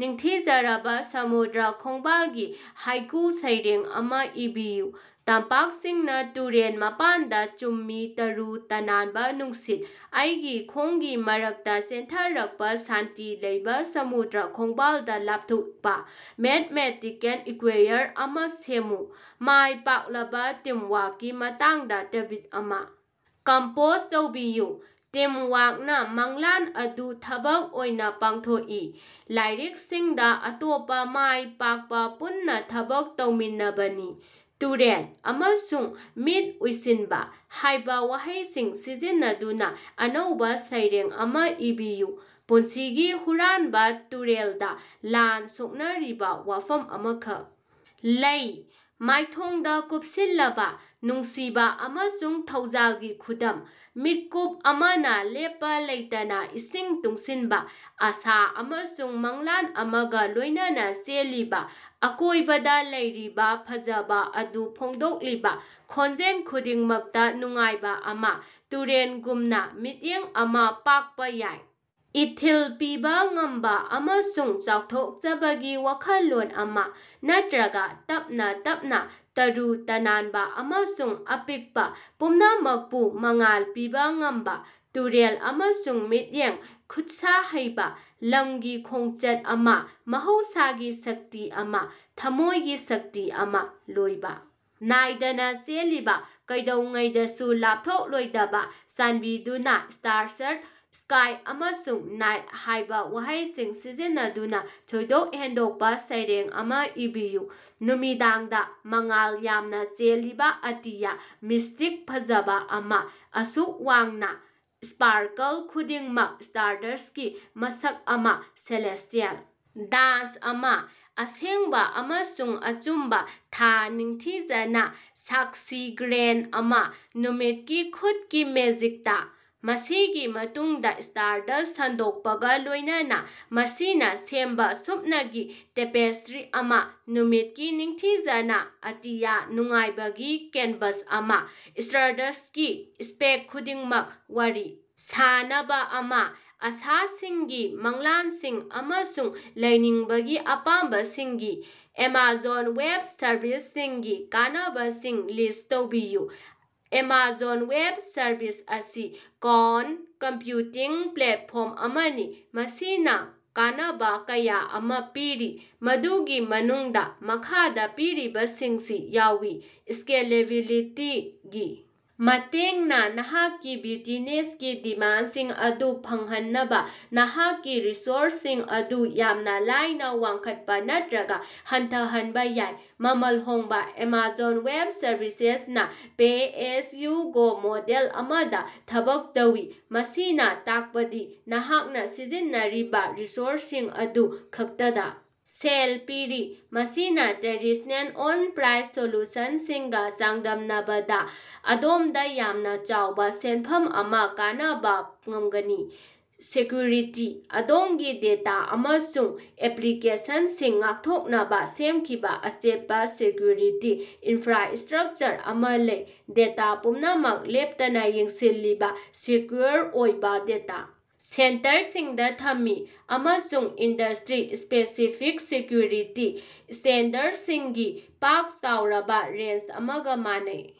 ꯅꯤꯡꯊꯤꯖꯔꯕ ꯁꯃꯨꯗ꯭ꯔ ꯈꯣꯡꯕꯥꯜꯒꯤ ꯍꯥꯏꯀꯨ ꯁꯩꯔꯦꯡ ꯑꯃ ꯏꯕꯤꯌꯨ꯫ ꯇꯝꯄꯥꯛꯁꯤꯡꯅ ꯇꯨꯔꯦꯜ ꯃꯄꯥꯟꯗ ꯆꯨꯝꯃꯤ ꯇꯔꯨ ꯇꯅꯥꯟꯕ ꯅꯨꯡꯁꯤꯠ, ꯑꯩꯒꯤ ꯈꯣꯡꯒꯤ ꯃꯔꯛꯇ ꯆꯦꯟꯊꯔꯛꯄ ꯁꯥꯟꯇꯤ ꯂꯩꯕ ꯁꯃꯨꯗ꯭ꯔ ꯈꯣꯡꯕꯥꯜꯗ ꯂꯥꯞꯊꯣꯛꯄ꯫ ꯃꯦꯊꯃꯦꯇꯤꯀꯦꯜ ꯏꯀ꯭ꯌꯨꯏꯌꯔ ꯑꯃ ꯁꯦꯝꯃꯨ꯫ ꯃꯥꯏ ꯄꯥꯛꯂꯕ ꯇꯤꯝꯋꯥꯔꯛꯀꯤ ꯃꯇꯥꯡꯗ ꯇ꯭ꯕꯤꯠ ꯑꯃ ꯀꯝꯄꯣꯖ ꯇꯧꯕꯤꯌꯨ꯫ ꯇꯤꯝꯋꯥꯔꯛꯅ ꯃꯪꯂꯥꯟ ꯑꯗꯨ ꯊꯕꯛ ꯑꯣꯏꯅ ꯄꯥꯡꯊꯣꯛꯏ꫰ ꯂꯥꯏꯔꯤꯛꯁꯤꯡꯗ ꯑꯇꯣꯞꯄ ꯃꯥꯏ ꯄꯥꯛꯄ ꯄꯨꯟꯅ ꯊꯕꯛ ꯇꯧꯃꯤꯟꯅꯕꯅꯤ꯫ "ꯇꯨꯔꯦꯜ" ꯑꯃꯁꯨꯡ "ꯃꯤꯠ ꯎꯏꯁꯤꯟꯕ" ꯍꯥꯏꯕ ꯋꯥꯍꯩꯁꯤꯡ ꯁꯤꯖꯤꯟꯅꯗꯨꯅ ꯑꯅꯧꯕ ꯁꯩꯔꯦꯡ ꯑꯃ ꯏꯕꯤꯌꯨ꯫ ꯄꯨꯟꯁꯤꯒꯤ ꯍꯨꯔꯥꯟꯕ ꯇꯨꯔꯦꯜꯗ, ꯂꯥꯟ ꯁꯣꯛꯅꯔꯤꯕ ꯋꯥꯐꯝ ꯑꯃꯈꯛ ꯂꯩ, ꯃꯥꯏꯊꯣꯡꯗ ꯀꯨꯞꯁꯤꯜꯂꯕ, ꯅꯨꯡꯁꯤꯕ ꯑꯃꯁꯨꯡ ꯊꯧꯖꯥꯜꯒꯤ ꯈꯨꯗꯝ꯫ ꯃꯤꯠꯀꯨꯞ ꯑꯃꯅ ꯂꯦꯞꯄ ꯂꯩꯇꯅ ꯏꯁꯤꯡ ꯇꯨꯡꯁꯤꯟꯕ, ꯑꯁꯥ ꯑꯃꯁꯨꯡ ꯃꯪꯂꯥꯟ ꯑꯃꯒ ꯂꯣꯏꯅꯅ ꯆꯦꯜꯂꯤꯕ, ꯑꯀꯣꯏꯕꯗ ꯂꯩꯔꯤꯕ ꯐꯖꯕ ꯑꯗꯨ ꯐꯣꯡꯗꯣꯛꯂꯤꯕ, ꯈꯣꯟꯖꯦꯜ ꯈꯨꯗꯤꯡꯃꯛꯇ ꯅꯨꯡꯉꯥꯏꯕ ꯑꯃ꯫ ꯇꯨꯔꯦꯜꯒꯨꯝꯅ, ꯃꯤꯠꯌꯦꯡ ꯑꯃ ꯄꯥꯛꯄ ꯌꯥꯏ, ꯏꯊꯤꯜ ꯄꯤꯕ ꯉꯝꯕ ꯑꯃꯁꯨꯡ ꯆꯥꯎꯊꯣꯛꯆꯕꯒꯤ ꯋꯥꯈꯜꯂꯣꯟ ꯑꯃ, ꯅꯠꯇ꯭ꯔꯒ ꯇꯞꯅ ꯇꯞꯅ, ꯇꯔꯨ ꯇꯅꯥꯟꯕ ꯑꯃꯁꯨꯡ ꯑꯄꯤꯛꯄ, ꯄꯨꯝꯅꯃꯛꯄꯨ ꯃꯉꯥꯜ ꯄꯤꯕ ꯉꯝꯕ꯫ ꯇꯨꯔꯦꯜ ꯑꯃꯁꯨꯡ ꯃꯤꯠꯌꯦꯡ, ꯈꯨꯠꯁꯥ ꯍꯩꯕ, ꯂꯝꯒꯤ ꯈꯣꯡꯆꯠ ꯑꯃ, ꯃꯍꯧꯁꯥꯒꯤ ꯁꯛꯇꯤ ꯑꯃ, ꯊꯝꯃꯣꯏꯒꯤ ꯁꯛꯇꯤ ꯑꯃ, ꯂꯣꯏꯕ ꯅꯥꯏꯗꯅ ꯆꯦꯜꯂꯤꯕ, ꯀꯩꯗꯧꯉꯩꯗꯁꯨ ꯂꯥꯞꯊꯣꯛꯂꯣꯏꯗꯕ꯫ ꯆꯥꯟꯕꯤꯗꯨꯅ 'ꯁ꯭ꯇꯥꯔꯗꯁ꯭ꯠ', 'ꯁ꯭ꯀꯥꯏ', ꯑꯃꯁꯨꯡ 'ꯅꯥꯏꯠ' ꯍꯥꯏꯕ ꯋꯥꯍꯩꯁꯤꯡ ꯁꯤꯖꯤꯟꯅꯗꯨꯅ ꯊꯣꯏꯗꯣꯛ ꯍꯦꯟꯗꯣꯛꯄ ꯁꯩꯔꯦꯡ ꯑꯃ ꯏꯕꯤꯌꯨ꯫ ꯅꯨꯃꯤꯗꯥꯡꯗ, ꯃꯉꯥꯜ ꯌꯥꯝꯅ ꯆꯦꯜꯂꯤꯕ ꯑꯇꯤꯌ, ꯃꯤꯁꯇꯤꯛ ꯐꯖꯕ ꯑꯃ, ꯑꯁꯨꯛ ꯋꯥꯡꯅ꯫ ꯁ꯭ꯄꯥꯔꯀꯜ ꯈꯨꯗꯤꯡꯃꯛ ꯁ꯭ꯇꯥꯔꯗꯁ꯭ꯠꯀꯤ ꯃꯁꯛ ꯑꯃ, ꯁꯦꯂꯦꯁꯇꯤꯑꯦꯜ ꯗꯥꯟꯁ ꯑꯃ, ꯑꯁꯦꯡꯕ ꯑꯃꯁꯨꯡ ꯑꯆꯨꯝꯕ꯫ ꯊꯥ ꯅꯤꯡꯊꯤꯖꯅ, ꯁꯥꯛꯁꯤ ꯒ꯭ꯔꯦꯟꯗ ꯑꯃ, ꯅꯨꯃꯤꯠꯀꯤ ꯈꯨꯠꯀꯤ ꯃꯦꯖꯤꯛꯇ꯫ ꯃꯁꯤꯒꯤ ꯃꯇꯨꯡꯗ ꯁ꯭ꯇꯥꯔꯗꯁ꯭ꯠ ꯁꯟꯗꯣꯛꯄꯒ ꯂꯣꯏꯅꯅ, ꯃꯁꯤꯅ ꯁꯦꯝꯕ ꯁꯨꯞꯅꯒꯤ ꯇꯦꯄꯦꯁꯇ꯭ꯔꯤ ꯑꯃ꯫ ꯅꯨꯃꯤꯠꯀꯤ ꯅꯤꯡꯊꯤꯖꯅ, ꯑꯇꯤꯌꯥ, ꯅꯨꯡꯉꯥꯏꯕꯒꯤ ꯀꯦꯟꯚꯥꯁ ꯑꯃ꯫ ꯁ꯭ꯇꯥꯔꯗꯁ꯭ꯠꯀꯤ ꯁ꯭ꯄꯦꯛ ꯈꯨꯗꯤꯡꯃꯛ, ꯋꯥꯔꯤ ꯁꯥꯅꯕ ꯑꯃ, ꯑꯁꯥꯁꯤꯡꯒꯤ, ꯃꯪꯂꯥꯟꯁꯤꯡ ꯑꯃꯁꯨꯡ ꯂꯩꯅꯤꯡꯕꯒꯤ ꯑꯄꯥꯝꯕꯁꯤꯡꯒꯤ꯫ ꯑꯦꯃꯥꯖꯣꯟ ꯋꯦꯕ ꯁꯔꯚꯤꯁꯁꯤꯡꯒꯤ ꯀꯥꯟꯅꯕꯁꯤꯡ ꯂꯤꯁ ꯇꯧꯕꯤꯌꯨ꯫ ꯑꯦꯃꯥꯖꯣꯟ ꯋꯦꯕ ꯁꯔꯚꯤꯁꯦꯁ ꯑꯁꯤ ꯀ꯭ꯂꯥꯎꯗ ꯀꯝꯄ꯭ꯌꯨꯇꯤꯡ ꯄ꯭ꯂꯦꯠꯐꯣꯔꯝ ꯑꯃꯅꯤ ꯃꯁꯤꯅ ꯀꯥꯟꯅꯕ ꯀꯌꯥ ꯑꯃ ꯄꯤꯔꯤ, ꯃꯗꯨꯒꯤ ꯃꯅꯨꯡꯗ ꯃꯈꯥꯗ ꯄꯤꯔꯤꯕꯁꯤꯡꯁꯤ ꯌꯥꯎꯏ꯫ ꯁ꯭ꯀꯦꯂꯦꯕꯤꯂꯤꯇꯤ ꯒꯤ ꯃꯇꯦꯡꯅ, ꯅꯍꯥꯛꯀꯤ ꯕ꯭ꯌꯨꯖꯤꯅꯦꯁꯀꯤ ꯗꯤꯃꯥꯟꯁꯤꯡ ꯑꯗꯨ ꯐꯪꯍꯟꯅꯕ ꯅꯍꯥꯛꯀꯤ ꯔꯤꯁꯣꯔꯁꯁꯤꯡ ꯑꯗꯨ ꯌꯥꯝꯅ ꯂꯥꯏꯅ ꯋꯥꯡꯈꯠꯄ ꯅꯠꯇ꯭ꯔꯒ ꯍꯟꯊꯍꯟꯕ ꯌꯥꯏ꯫ ꯃꯃꯜ ꯍꯣꯡꯕ: ꯑꯦꯃꯥꯖꯣꯟ ꯋꯦꯕ ꯁꯔꯚꯤꯁꯦꯁ ꯅ ꯄꯦ-ꯑꯦꯖ-ꯌꯨ-ꯒꯣ ꯃꯣꯗꯦꯜ ꯑꯃꯗꯥ ꯊꯕꯛ ꯇꯧꯏ, ꯃꯁꯤꯅꯥ ꯇꯥꯀꯄꯗꯤ ꯅꯍꯥꯛꯅꯥ ꯁꯤꯖꯤꯟꯅꯔꯤꯕꯥ ꯔꯤꯁꯣꯔꯁꯁꯤꯡ ꯑꯗꯨ ꯈꯛꯇꯗꯥ ꯁꯦꯜ ꯄꯤꯔꯤ꯫ ꯃꯁꯤꯅꯥ ꯇ꯭ꯔꯦꯗꯤꯁ꯭ꯅꯦꯜ ꯑꯣꯟ-ꯄ꯭ꯔꯥꯏꯁ ꯁꯣꯂꯨꯁꯅꯁꯤꯡꯒꯥ ꯆꯥꯡꯗꯝꯅꯕꯗꯥ ꯑꯗꯣꯃꯗꯥ ꯌꯥꯝꯅꯥ ꯆꯥꯎꯕꯥ ꯁꯦꯅꯐꯝ ꯑꯃꯥ ꯀꯅꯕꯥ ꯉꯃꯒꯅꯤ꯫ ꯁꯦꯀ꯭ꯌꯨꯔꯤꯇꯤ: ꯑꯗꯣꯝꯒꯤ ꯗꯦꯇꯥ ꯑꯃꯁꯨꯡ ꯑꯦꯄ꯭ꯂꯤꯀꯦꯁꯟꯁꯤꯡ ꯉꯥꯛꯊꯣꯛꯅꯕ ꯁꯦꯝꯈꯤꯕ ꯑꯆꯦꯠꯄ ꯁꯦꯀ꯭ꯌꯨꯔꯤꯇꯤ ꯏꯟꯐ꯭ꯔꯥꯁ꯭ꯇꯔꯛꯆꯔ ꯑꯃ ꯂꯩ꯫ ꯗꯦꯇꯥ ꯄꯨꯝꯅꯃꯛ ꯂꯦꯞꯇꯅ ꯌꯦꯡꯁꯤꯜꯂꯤꯕ ꯁꯦꯀ꯭ꯌꯨꯑꯣꯔ ꯑꯣꯏꯕ ꯗꯦꯇꯥ ꯁꯦꯟꯇꯔꯁꯤꯡꯗ ꯊꯝꯃꯤ, ꯑꯃꯁꯨꯡ ꯏꯟꯗꯁꯇ꯭ꯔꯤ-ꯁ꯭ꯄꯦꯁꯤꯐꯤꯛ ꯁꯦꯀ꯭ꯌꯨꯔꯤꯇꯤ ꯁ꯭ꯇꯦꯟꯗꯔꯗꯁꯤꯡꯒꯤ ꯄꯥꯛ-ꯆꯥꯎꯔꯕ ꯔꯦꯟꯖ ꯑꯃꯒ ꯃꯥꯟꯅꯩ꯫